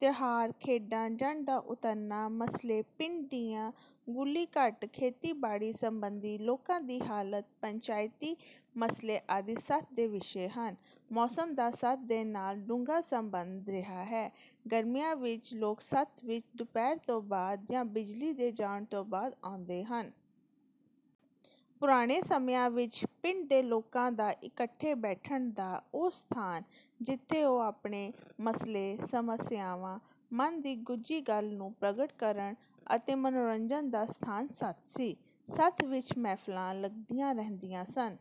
ਤਿਉਹਾਰ ਖੇਡਾਂ ਜੰਞ ਦਾ ਉਤਰਨਾ ਮਸਲੇ ਪਿੰਡ ਦੀਆਂ ਗੁੱਲੀਘਟ ਖੇਤੀਬਾੜੀ ਸੰਬੰਧੀ ਲੋਕਾਂ ਦੀ ਹਾਲਤ ਪੰਚਾਇਤੀ ਮਸਲੇ ਆਦਿ ਸੱਥ ਦੇ ਵਿਸ਼ੇ ਹਨ। ਮੌਸਮ ਦਾ ਸੱਥ ਦੇ ਨਾਲ ਡੂੰਘਾ ਸੰਬੰਧ ਰਿਹਾ ਹੈ। ਗਰਮੀਆਂ ਵਿੱਚ ਲੋਕ ਸੱਥ ਵਿੱਚ ਦੁਪਾਹਿਰ ਤੋਂ ਬਾਅਦ ਜਾਂ ਬਿਜਲੀ ਦੇ ਜਾਣ ਤੋਂ ਬਾਅਦ ਆਉਂਦੇ ਹਨ। ਪੁਰਾਣੇ ਸਮਿਆਂ ਵਿੱਚ ਪਿੰਡ ਦੇ ਲੋਕਾਂ ਦਾ ਇੱਕਠੇ ਬੈਠਣ ਦਾ ਉਹ ਸਥਾਨ ਜਿੱਥੇ ਉਹ ਆਪਣੇ ਮਸਲੇ ਸਮੱਸਿਆਵਾਂ ਮਨ ਦੀ ਗੁੱਝੀ ਗੱਲ ਨੂੰ ਪ੍ਰਗਟ ਕਰਨ ਅਤੇ ਮਨੋਰੰਜਨ ਦਾ ਸਥਾਨ ਸੱਥ ਸੀ। ਸੱਥ ਵਿੱਚ ਮਹਿਫਲਾਂ ਲੱਗੀਆਂ ਰਹਿੰਦੀਆਂ ਸਨ।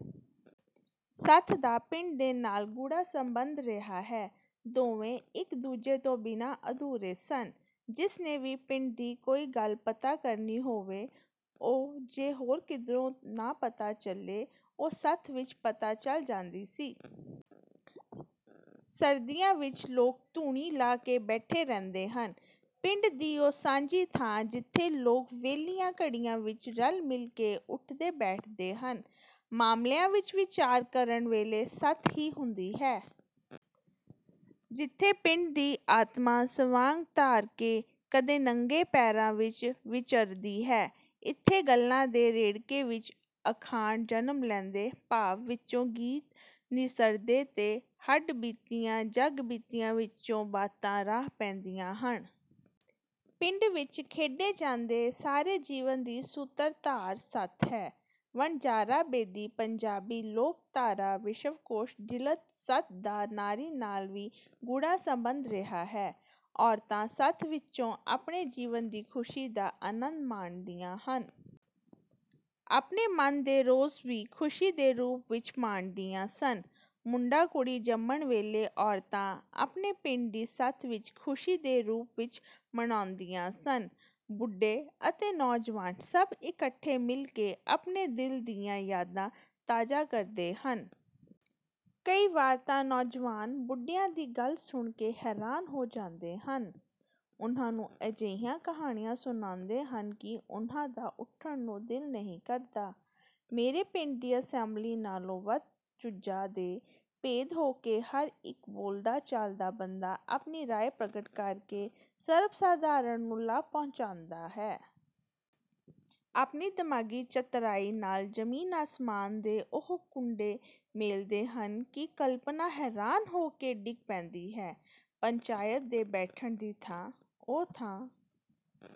ਸੱਥ ਦਾ ਪਿੰਡ ਦੇ ਨਾਲ ਗੂੜ੍ਹਾ ਸੰਬੰਧ ਰਿਹਾ ਹੈ। ਦੋਵੇਂ ਇੱਕ ਦੂਜੇ ਤੋਂ ਬਿਨ੍ਹਾਂ ਅਧੂਰੇ ਸਨ। ਜਿਸ ਨੇ ਵੀ ਪਿੰਡ ਦੀ ਕੋਈ ਗੱਲ ਪਤਾ ਕਰਨੀ ਹੋਵੇ ਉਹ ਜੇ ਹੋਰ ਕਿਧਰੋਂ ਨਾ ਪਤਾ ਚਲੇ ਉਹ ਸੱਥ ਵਿੱਚ ਪਤਾ ਚਲ ਜਾਂਦੀ ਸੀ। ਸਰਦੀਆਂ ਵਿੱਚ ਲੋਕ ਧੂਣੀ ਲਾ ਕੇ ਬੈਠੇ ਰਹਿੰਦੇ ਹਨ। ਪਿੰਡ ਦੀ ਉਹ ਸਾਂਝੀ ਥਾਂ ਜਿੱਥੇ ਲੋਕ ਵਿਹਲੀਆਂ ਘੜੀਆਂ ਵਿੱਚ ਰਲ ਮਿਲ ਕੇ ਉਠਦੇ ਬੈਠਦੇ ਹਨ। ਮਾਮਲਿਆਂ ਵਿੱਚ ਵਿਚਾਰ ਕਰਨ ਵੇਲੇ ਸੱਥ ਹੀ ਹੁੰਦੀ ਹੈ। ਜਿੱਥੇ ਪਿੰਡ ਦੀ ਆਤਮਾ ਸਵਾਂਗ ਧਾਰ ਕੇ ਕਦੇ ਨੰਗੇ ਪੈਰਾਂ ਵਿੱਚ ਵਿਚਰਦੀ ਹੈ। ਇੱਥੇ ਗੱਲਾਂ ਦੇ ਰੇੜਕੇ ਵਿੱਚ ਅਖਾਣ ਜਨਮ ਲੈਂਦੇ ਭਾਵਾਂ ਵਿੱਚੋਂ ਗੀਤ ਨਿਸਰਦੇ ਤੇ ਹੱਡ ਬੀਤੀਆਂ ਜੱਗ ਬੀਤੀਆਂ ਵਿੱਚੋਂ ਬਾਤਾਂ ਰਾਹ ਪੈਂਦੀਆਂ ਹਨ। ਪਿੰਡ ਵਿੱਚ ਖੇਡੇ ਜਾਂਦੇ ਸਾਰੇ ਜੀਵਨ ਦੀ ਸੂਤਰਧਾਰ ਸੱਥ ਹੈ। ਵਣਜਾਰਾ ਬੇਦੀ ਪੰਜਾਬੀ ਲੋਕਧਾਰਾ ਵਿਸ਼ਵ ਕੋਸ਼ ਜਿਲਦ ਸੱਥ ਦਾ ਨਾਰੀ ਨਾਲ ਵੀ ਗੂੜ੍ਹਾ ਸੰਬੰਧ ਰਿਹਾ ਹੈ। ਔਰਤਾਂ ਸੱਥ ਵਿੱਚੋਂ ਆਪਣੇ ਜੀਵਨ ਦੀ ਖੁਸ਼ੀ ਦਾ ਆਨੰਦ ਮਾਣਦੀਆਂ ਹਨ। ਆਪਣੇ ਮਨ ਦੇ ਰੋਸ ਵੀ ਖੁਸ਼ੀ ਦੇ ਰੂਪ ਵਿੱਚ ਮਾਣਦੀਆਂ ਸਨ। ਮੁੰਡਾ ਕੁੜੀ ਜੰਮਣ ਵੇਲੇ ਔਰਤਾਂ ਆਪਣੇ ਪਿੰਡ ਦੀ ਸੱਥ ਵਿੱਚ ਖੁਸ਼ੀ ਦੇ ਰੂਪ ਵਿੱਚ ਮਨਾਉਂਦੀਆਂ ਸਨ। ਬੁੱਢੇ ਅਤੇ ਨੌਜਵਾਨ ਸਭ ਇੱਕਠੇ ਮਿਲ ਕੇ ਆਪਣੇ ਦਿਲ ਦੀਆਂ ਯਾਦਾਂ ਤਾਜ਼ਾ ਕਰਦੇ ਹਨ। ਕਈ ਵਾਰ ਤਾਂ ਨੌਜਵਾਨ ਬੁੱਢਿਆਂ ਦੀ ਗੱਲ ਸੁਣ ਕੇ ਹੈਰਾਨ ਹੋ ਜਾਂਦੇ ਹਨ ਉਨ੍ਹਾਂ ਨੂੰ ਅਜਿਹੀਆਂ ਕਹਾਣੀਆਂ ਸੁਣਾਉਂਦੇ ਹਨ ਕਿ ਉਨ੍ਹਾਂ ਦਾ ਉਠਣ ਨੂੰ ਦਿਲ ਨਹੀਂ ਕਰਦਾ। ਮੇਰੇ ਪਿੰਡ ਦੀ ਅਸੈਂਬਲੀ ਨਾਲੋਂ ਵੱਧ ਚੁੰਝਾ ਦੇ ਭੇਦ ਹੋ ਕੇ ਹਰ ਇੱਕ ਬੋਲਦਾ ਚਾਲਦਾ ਬੰਦਾ ਆਪਣੀ ਰਾਇ ਪ੍ਰਗਟ ਕਰਕੇ ਸਰਬ ਸਧਾਰਨ ਨੂੰ ਲਾਭ ਪਹੁੰਚਾਉਂਦਾ ਹੈ। ਆਪਣੀ ਦਿਮਾਗੀ ਚਤਰਾਈ ਨਾਲ ਜ਼ਮੀਨ ਅਸਮਾਨ ਦੇ ਉਹ ਕੁੰਡੇ ਮੇਲਦੇ ਹਨ ਕਿ ਕਲਪਨਾ ਹੈਰਾਨ ਹੋ ਕੇ ਡਿੱਗ ਪੈਂਦੀ ਹੈ। ਪੰਚਾਇਤ ਦੇ ਬੈਠਣ ਦੀ ਥਾਂ ਉਹ ਥਾਂ